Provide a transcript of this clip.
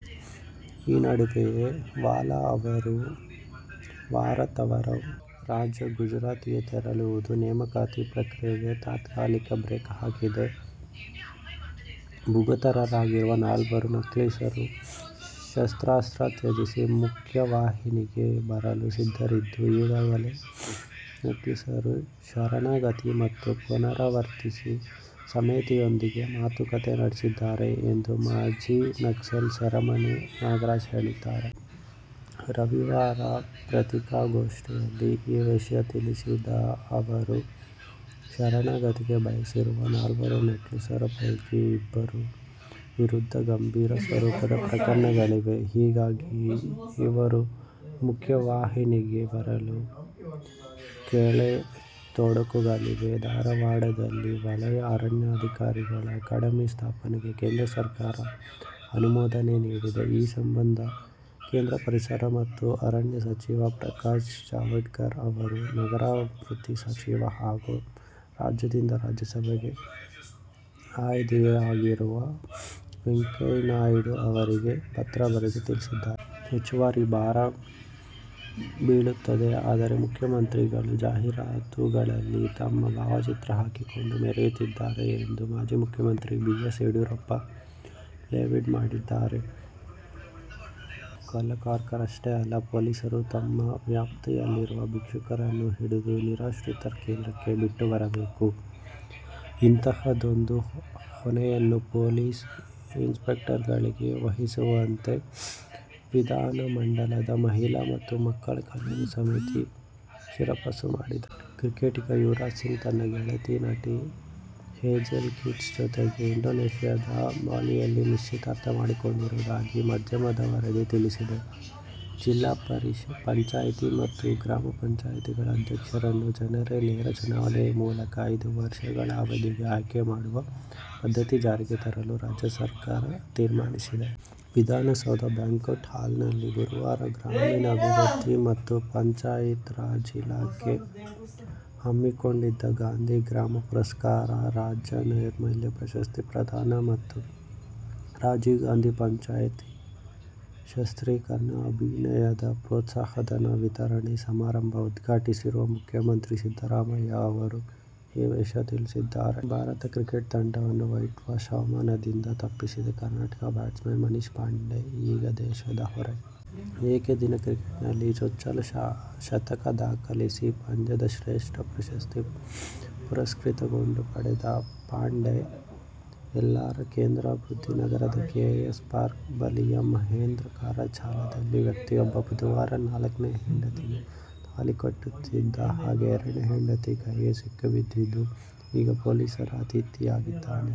ಈ ನಡುವೆಯೇ ವಾಲಾ ಅವರು ವಾರ ತವರು ರಾಜ್ಯ ಗುಜರಾತ್ಗೆ ತೆರಳಿರುವುದು ನೇಮಕಾತಿ ಪ್ರಕ್ರಿಯೆಗೆ ತಾತ್ಕಾಲಿಕ ಬ್ರೇಕ್ ಹಾಕಿದೆ. ಭೂಗತರಾಗಿರುವ ನಾಲ್ವರು ನಕ್ಸಲರು ಶಸ್ತ್ರಾಸ್ತ್ರ ತ್ಯಜಿಸಿ ಮುಖ್ಯವಾಹಿನಿಗೆ ಬರಲು ಸಿದ್ಧರಿದ್ದು, ಈಗಾಗಲೇ ನಕ್ಸಲರ ಶರಣಾಗತಿ ಮತ್ತು ಪುನರ್ವಸತಿ ಸಮಿತಿಯೊಂದಿಗೆ ಮಾತುಕತೆ ನಡೆಸಿದ್ದಾರೆ ಎಂದು ಮಾಜಿ ನಕ್ಸಲ್ ಸಿರಿಮನೆ ನಾಗರಾಜ ಹೇಳಿದರು. ರವಿವಾರ ಪತ್ರಿಕಾಗೋಷ್ಠಿಯಲ್ಲಿ ಈ ವಿಷಯ ತಿಳಿಸಿದ ಅವರು, ಶರಣಾಗತಿಗೆ ಬಯಸಿರುವ ನಾಲ್ವರು ನಕ್ಸಲರ ಪೈಕಿ ಇಬ್ಬರ ವಿರುದ್ಧ ಗಂಭೀರ ಸ್ವರೂಪದ ಪ್ರಕರಣಗಳಿವೆ. ಹೀಗಾಗಿ ಇವರು ಮುಖ್ಯವಾಹಿನಿಗೆ ಬರಲು ಕೆಲ ತೊಡಕುಗಳಿವೆ. ಧಾರವಾಡದಲ್ಲಿ ವಲಯ ಅರಣ್ಯಾಧಿಕಾರಿಗಳ ಅಕಾಡೆಮಿ ಸ್ಥಾಪನೆಗೆ ಕೇಂದ್ರ ಸರ್ಕಾರ ಅನುಮೋದನೆ ನೀಡಿದೆ. ಈ ಸಂಬಂಧ ಕೇಂದ್ರ ಪರಿಸರ ಮತ್ತು ಅರಣ್ಯ ಸಚಿವ ಪ್ರಕಾಶ್ ಜಾವಡೇಕರ್ ಅವರು ನಗರಾಭಿವೃದ್ಧಿ ಸಚಿವ ಹಾಗೂ ರಾಜ್ಯದಿಂದ ರಾಜ್ಯಸಭೆಗೆ ಆಯ್ದೆಯಾಗಿರುವ ವೆಂಕಯ್ಯನಾಯ್ಡು ಅವರಿಗೆ ಪತ್ರ ಬರೆದು ತಿಳಿಸಿದ್ದಾರೆ. ಹೆಚ್ಚುವರಿ ಭಾರ ಬೀಳುತ್ತಿದೆ. ಆದರೆ, ಮುಖ್ಯಮಂತ್ರಿಗಳು ಜಾಹೀರಾತುಗಳಲ್ಲಿ ತಮ್ಮ ಭಾವಚಿತ್ರ ಹಾಕಿಕೊಂಡು ಮೆರೆಯುತ್ತಿದ್ದಾರೆ ಎಂದು ಮಾಜಿ ಮುಖ್ಯಮಂತ್ರಿ ಬಿ. ಎಸ್. ಯಡಿಯೂರಪ್ಪ ಲೇವಡಿ ಮಾಡಿದ್ದಾರೆ. ಕಳ್ಳಕಾಕರಷ್ಟೇ ಅಲ್ಲ, ಪೊಲೀಸರು ತಮ್ಮ ವ್ಯಾಪ್ತಿಯಲ್ಲಿರುವ ಭಿಕ್ಷುಕರನ್ನೂ ಹಿಡಿದು ನಿರಾಶ್ರಿತರ ಕೇಂದ್ರಕ್ಕೆ ಬಿಟ್ಟು ಬರಬೇಕು. ಇಂತಹದ್ದೊಂದು ಹೊಣೆಯನ್ನು ಪೊಲೀಸ್ ಇನ್ಸ್ಪೆಕ್ಟರ್ಗಳಿಗೆ ವಹಿಸುವಂತೆ ವಿಧಾನಮಂಡಲದ ಮಹಿಳಾ ಮತ್ತು ಮಕ್ಕಳ ಕಲ್ಯಾಣ ಸಮಿತಿ ಶಿಫಾರಸು ಮಾಡಿದೆ. ಕ್ರಿಕೆಟಿಗ ಯುವರಾಜ್ ಸಿಂಗ್ ತನ್ನ ಗೆಳತಿ, ನಟಿ ಹೇಜೆಲ್ ಕೀಚ್ ಜೊತೆ ಇಂಡೋನೇಷ್ಯಾದ ಬಾಲಿಯಲ್ಲಿ ನಿಶ್ಚಿತಾರ್ಥ ಮಾಡಿಕೊಂಡಿರುವುದಾಗಿ ಮಾಧ್ಯಮದ ವರದಿ ತಿಳಿಸಿದೆ. ಜಿಲ್ಲಾ ಪಂಚಾಯ್ತಿ ಮತ್ತು ಗ್ರಾಮ ಪಂಚಾಯ್ತಿಗಳ ಅಧ್ಯಕ್ಷರನ್ನು ಜನರೇ ನೇರ ಚುನಾವಣೆ ಮೂಲಕ ಐದು ವರ್ಷಗಳ ಅವಧಿಗೆ ಆಯ್ಕೆ ಮಾಡುವ ಪದ್ಧತಿ ಜಾರಿಗೆ ತರಲು ರಾಜ್ಯ ಸರ್ಕಾರ ತೀರ್ಮಾನಿಸಿದೆ. ವಿಧಾನಸೌಧದ ಬ್ಯಾಂಕ್ವೆಟ್ ಹಾಲ್ನಲ್ಲಿ ಗುರುವಾರ ಗ್ರಾಮೀಣಾಭಿವೃದ್ಧಿ ಮತ್ತು ಪಂಚಾಯತ್ರಾಜ್ ಇಲಾಖೆ ಹಮ್ಮಿಕೊಂಡಿದ್ದ ಗಾಂಧಿ ಗ್ರಾಮ ಪುರಸ್ಕಾರ, ರಾಜ್ಯ ನೈರ್ಮಲ್ಯ ಪ್ರಶಸ್ತಿ ಪ್ರದಾನ ಮತ್ತು ರಾಜೀವ್ಗಾಂಧಿ ಪಂಚಾಯತ್ ಸಶಸ್ತೀಕರಣ ಅಭಿಯಾನದ ಪ್ರೋತ್ಸಾಹಧನ ವಿತರಣಾ ಸಮಾರಂಭ ಉದ್ಘಾಟಿಸಿದ ಮುಖ್ಯಮಂತ್ರಿ ಸಿದ್ದರಾಮಯ್ಯ ಅವರು ಈ ವಿಷಯ ತಿಳಿಸಿದ್ದಾರೆ. ಭಾರತ ಕ್ರಿಕೆಟ್ ತಂಡವನ್ನು ವೈಟ್ವಾಷ್ ಅವಮಾನದಿಂದ ತಪ್ಪಿಸಿದ ಕರ್ನಾಟಕ ಬ್ಯಾಟ್ಸ್ಮನ್ ಮನೀಶ್ ಪಾಂಡೆ ಈಗ ದೇಶದ ಹೀರೋ. ಏಕದಿನ ಕ್ರಿಕೆಟ್ನಲ್ಲಿ ಚೊಚ್ಚಲ ಶತಕ ದಾಖಲಿಸಿ ಪಂದ್ಯಶ್ರೇಷ್ಠ ಪ್ರಶಸ್ತಿ ಪುರಸ್ಕೃತಗೊಂಡ ಪಾಂಡೆ ಎಲ್ಲರ ಕೇಂದ್ರಬಿಂದು. ನಗರದ ಕೆ. ಸಿ. ಪಾರ್ಕ್ ಬಳಿಯ ಮಹೇಂದ್ರಕರ ಚಾಳದಲ್ಲಿ ವ್ಯಕ್ತಿಯೊಬ್ಬ ಬುಧವಾರ ನಾಲ್ಕನೇ ಹೆಂಡತಿಗೆ ತಾಳಿ ಕಟ್ಟುತ್ತಿದ್ದ ಹಾಗೆ ಎರಡನೇ ಹೆಂಡತಿ ಕೈಗೆ ಸಿಕ್ಕಿ ಬಿದ್ದಿದ್ದು, ಈಗ ಪೊಲೀಸರ ಅತಿಥಿಯಾಗಿದ್ದಾನೆ.